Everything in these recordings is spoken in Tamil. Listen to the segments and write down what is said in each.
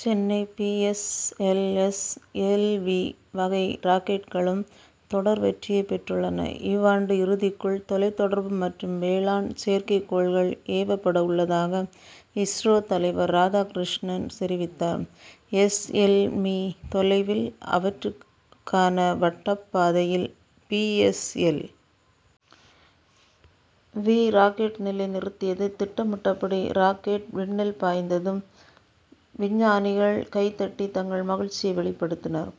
Chennai P. S. L. S. L. V., வகை ராக்கெட்களும் தொடர் வெற்றியைப் பெற்றுள்ளன. இவ்வாண்டு இறுதிக்குள் தொலைத்தொடர்பு மற்றும் வேளாண் செயற்கைக்கோள்கள் ஏவப்பட உள்ளதாக, இஸ்ரோ தலைவர் ராதாகிருஷ்ணன் தெரிவித்தார். எஸ். எல். மீ., தொலைவில், அவற்றுக்கான வட்டப்பாதையில் P. S. L. V., rocket நிலை நிறுத்தியது. திட்டமிட்டபடி ராக்கெட் விண்ணில் பாய்ந்ததும், விஞ்ஞானிகள் கைதட்டி தங்கள் மகிழ்ச்சியை வெளிப்படுத்தினர்.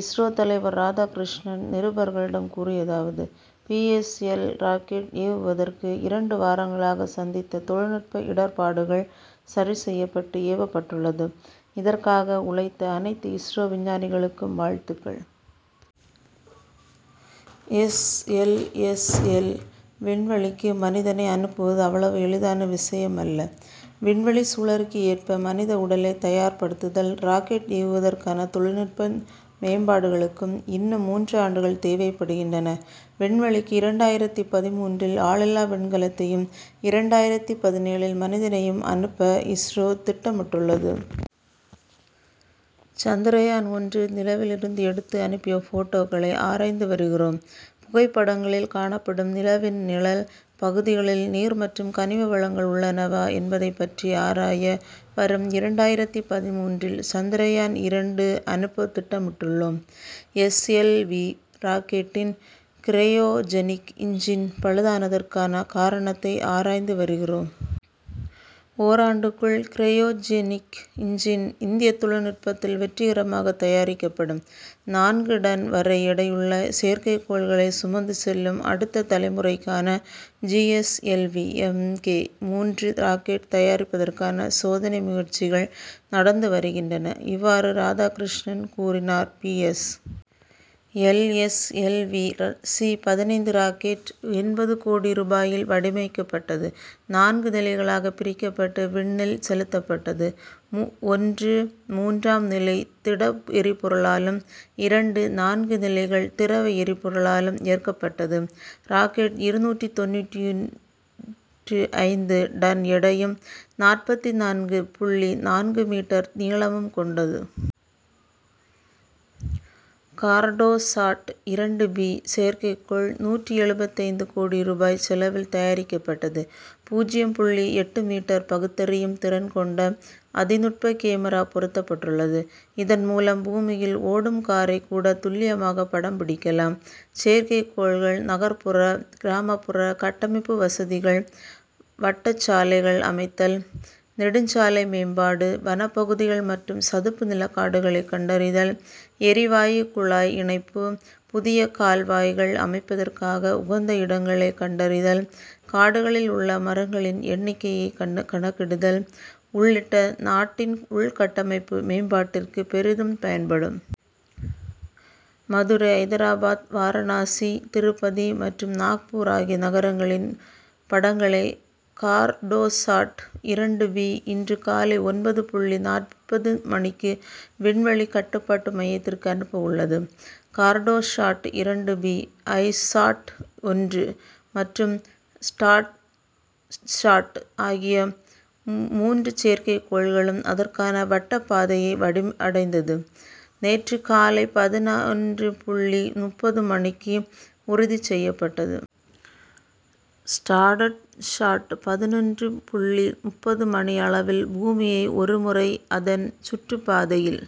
இஸ்ரோ தலைவர் ராதாகிருஷ்ணன் நிருபர்களிடம் கூறியதாவது பி. எஸ். எல். ராக்கெட் ஏவுவதற்கு, இரண்டு வாரங்களாக சந்தித்த தொழில்நுட்ப இடர்ப்பாடுகள் சரி செய்யப்பட்டு, ஏவப்பட்டுள்ளது. இதற்காக உழைத்த அனைத்து இஸ்ரோ விஞ்ஞானிகளுக்கும் வாழ்த்துக்கள். எஸ். எல். எஸ். எல். விண்வெளிக்கு மனிதனை அனுப்புவது அவ்வளவு எளிதான விஷயம் அல்ல. விண்வெளி சூழலுக்கு ஏற்ப மனித உடலை தயார்படுத்துதல், ராக்கெட் ஏவுவதற்கான தொழில்நுட்ப மேம்பாடுகளுக்கும் இன்னும் மூன்று ஆண்டுகள் தேவைப்படுகின்றன. விண்வெளிக்கு இரண்டாயிரத்து பதின்மூன்றில் ஆளில்லா விண்கலத்தையும், இரண்டாயிரத்து பதினேழில் மனிதனையும் அனுப்ப இஸ்ரோ திட்டமிட்டுள்ளது. சந்திரயான் ஒன்று நிலவிலிருந்து எடுத்து அனுப்பிய போட்டோக்களை ஆராய்ந்து வருகிறோம். புகைப்படங்களில் காணப்படும் நிலவின் நிழல் பகுதிகளில் நீர் மற்றும் கனிம வளங்கள் உள்ளனவா என்பதைப் பற்றி ஆராய, வரும் இரண்டாயிரத்து பதின்மூன்றில் சந்திரயான் இரண்டு அனுப்ப திட்டமிட்டுள்ளோம். எஸ். எல். வி., ராக்கெட்டின் கிரையோஜெனிக் இன்ஜின் பழுதானதற்கான காரணத்தை ஆராய்ந்து வருகிறோம். ஓராண்டுக்குள் கிரையோஜெனிக் இன்ஜின் இந்திய தொழில் நுட்பத்தில் வெற்றிகரமாக தயாரிக்கப்படும். நான்கு டன் வரை எடையுள்ள செயற்கைக்கோள்களை சுமந்து செல்லும் அடுத்த தலைமுறைக்கான, ஜி. எஸ். எல். வி.,-எம்கே மூன்று ராக்கெட் தயாரிப்பதற்கான சோதனை முயற்சிகள் நடந்து வருகின்றன. இவ்வாறு ராதாகிருஷ்ணன் கூறினார். P. S. L. S. L. V., சி-பதினைந்து ராக்கெட், எண்பது கோடி ரூபாயில் வடிவமைக்கப்பட்டது. நான்கு நிலைகளாக பிரிக்கப்பட்டு விண்ணில் செலுத்தப்பட்டது. ஒன்று, மூன்றாம் நிலை திட எரிபொருளாலும், இரண்டு, நான்கு நிலைகள் திரவ எரிபொருளாலும் இயக்கப்பட்டது. ராக்கெட் இருநூற்று தொண்ணூற்று ஐந்து டன் எடையும், நாற்பத்து நான்கு புள்ளி நான்கு மீட்டர் நீளமும் கொண்டது. கார்டோசாட் இரண்டு பி செயற்கைக்கோள், நூற்று எழுபத்தைந்து கோடி ரூபாய் செலவில் தயாரிக்கப்பட்டது. பூஜ்ஜியம் புள்ளி எட்டு மீட்டர் பகுத்தறியும் திறன் கொண்ட, அதிநுட்ப கேமரா பொருத்தப்பட்டுள்ளது. இதன் மூலம் பூமியில் ஓடும் காரைக் கூட, துல்லியமாக படம் பிடிக்கலாம். செயற்கைக்கோள்கள் நகர்புற, கிராமப்புற கட்டமைப்பு வசதிகள், வட்டச் சாலைகள் அமைத்தல், நெடுஞ்சாலை மேம்பாடு, வனப்பகுதிகள் மற்றும் சதுப்பு நில காடுகளைக் கண்டறிதல், எரிவாயு குழாய் இணைப்பு, புதிய கால்வாய்கள் அமைப்பதற்காக உகந்த இடங்களைக் கண்டறிதல், காடுகளில் உள்ள மரங்களின் எண்ணிக்கையை கணக்கிடுதல் உள்ளிட்ட, நாட்டின் உள்கட்டமைப்பு மேம்பாட்டிற்கு பெரிதும் பயன்படும். மதுரை, ஐதராபாத், வாரணாசி, திருப்பதி மற்றும் நாக்பூர் ஆகிய நகரங்களின் படங்களை, கார்டோசாட் இரண்டு பி இன்று காலை ஒன்பது புள்ளி நாற்பது மணிக்கு, விண்வெளி கட்டுப்பாட்டு மையத்திற்கு அனுப்ப உள்ளது. கார்டோசாட் இரண்டு பி, ஐசாட் ஒன்று மற்றும் ஸ்டட்சாட் ஆகிய மூன்று செயற்கைக்கோள்களும் அதற்கான வட்டப்பாதையை அடைந்தது, நேற்று காலை பதினொன்று புள்ளி முப்பது மணிக்கு உறுதி செய்யப்பட்டது. ஸ்டட்சாட் பதினொன்று புள்ளி முப்பது மணி அளவில் பூமியை ஒரு முறை, அதன் சுற்றுப்பாதையில்